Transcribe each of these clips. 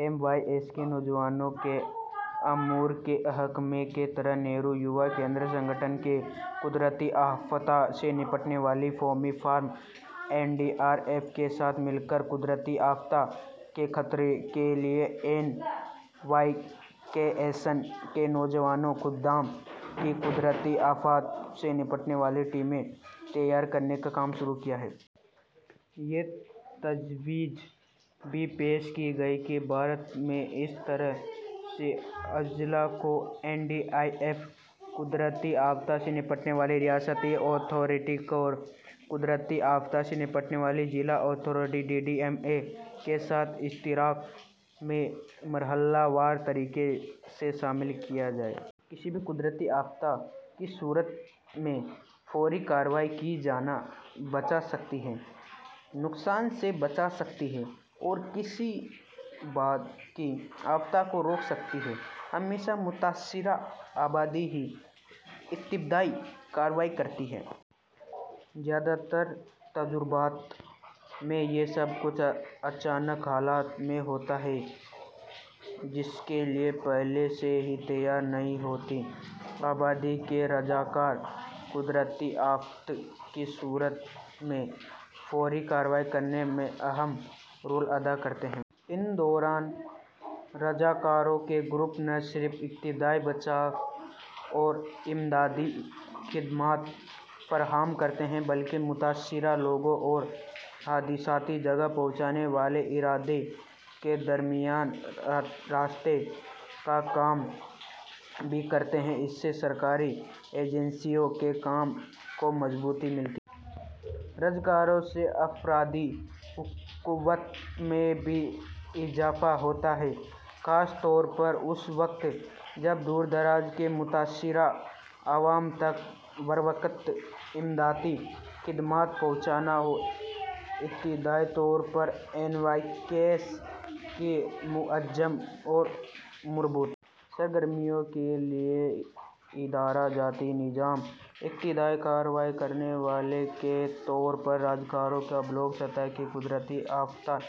M O Y A S کے نوجوانوں کے امور کے محکمے کے تحت نہرو یوا کیندرسنگھٹن نے قدرتی آفات سے نمٹنے والی قومی force N D R F کے ساتھ مل کر قدرتی آفات کے خطرے کے لئے این وائی کے ایس کے نوجوان رضاکاروں کی قدرتی آفات سے نمٹنے والی ٹیمیں تیار کرنے کا کام شروع کیا ہے۔ یہ تجویز بھی پیش کی گئی ہے کہ بھارت میں ا س طرح کے اضلاع کو این ڈی آر ایف ، قدرتی آفات سے نمٹنے والی ریاستی اتھارٹی اور قدرتی آفات سے نمٹنے والی ضلع authorities D D M A کے ساتھ اشتراک میں مرحلے وار طریقے سے شامل کیاجائے۔ کسی بھی قدرتی آفت کی صورت میں فوری کارروائی ہی جانیں بچا سکتی ہے، نقصان سے بچا سکتی ہے اور کسی بعد کی آفت کو روک سکتی ہے۔ ہمیشہ متاثرہ آبادی ہی ابتدائی کارروائی کرتی ہے۔ زیادہ ترواقعات میں یہ سب کچھ ہنگامی حالت میں ہوتا ہے ،جس کے لئے پہلےسے کوئی تیاری نہیں ہوتی۔ آبادی کے رضاکار قدرتی آفت کی صورت میں فوری کارروائی کرنے میں اہم رول ادا کرتے ہیں۔ اسی دوران رضاکاروں کے گروپ نہ صرف ابتدائی بچاؤ اورراحت خدمات فراہم کرتے ہیں بلکہ متاثرہ لوگوں اور حادثے کی جگہ پہنچنے والے اداروں کے درمیان رابطے کا کام بھی کرتے ہیں لہٰذا سرکاری ایجنسیوں کے کام کو مضبوطی ملتی ہے۔ رضاکاروں سے افرادی قوت میں بھی اضافہ ہوتا ہے۔ خاص طورپر اس وقت جب دوردراز کے متاثرہ عوام تک ہنگامی خدمات پہنچانا ہو۔ ابتدائی طورپر این وائی کے ایس کی منظم اور مربوط سرگرمیوں کے لئے ادارہ جاتی نظام ، ابتدائی کارروائی کرنے والوں کے طور پر رضاکاروں کی بلاک سطح کی قدرتی آفات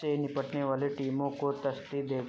سے نمٹنے والی ٹیموں کوتشکیل دے کر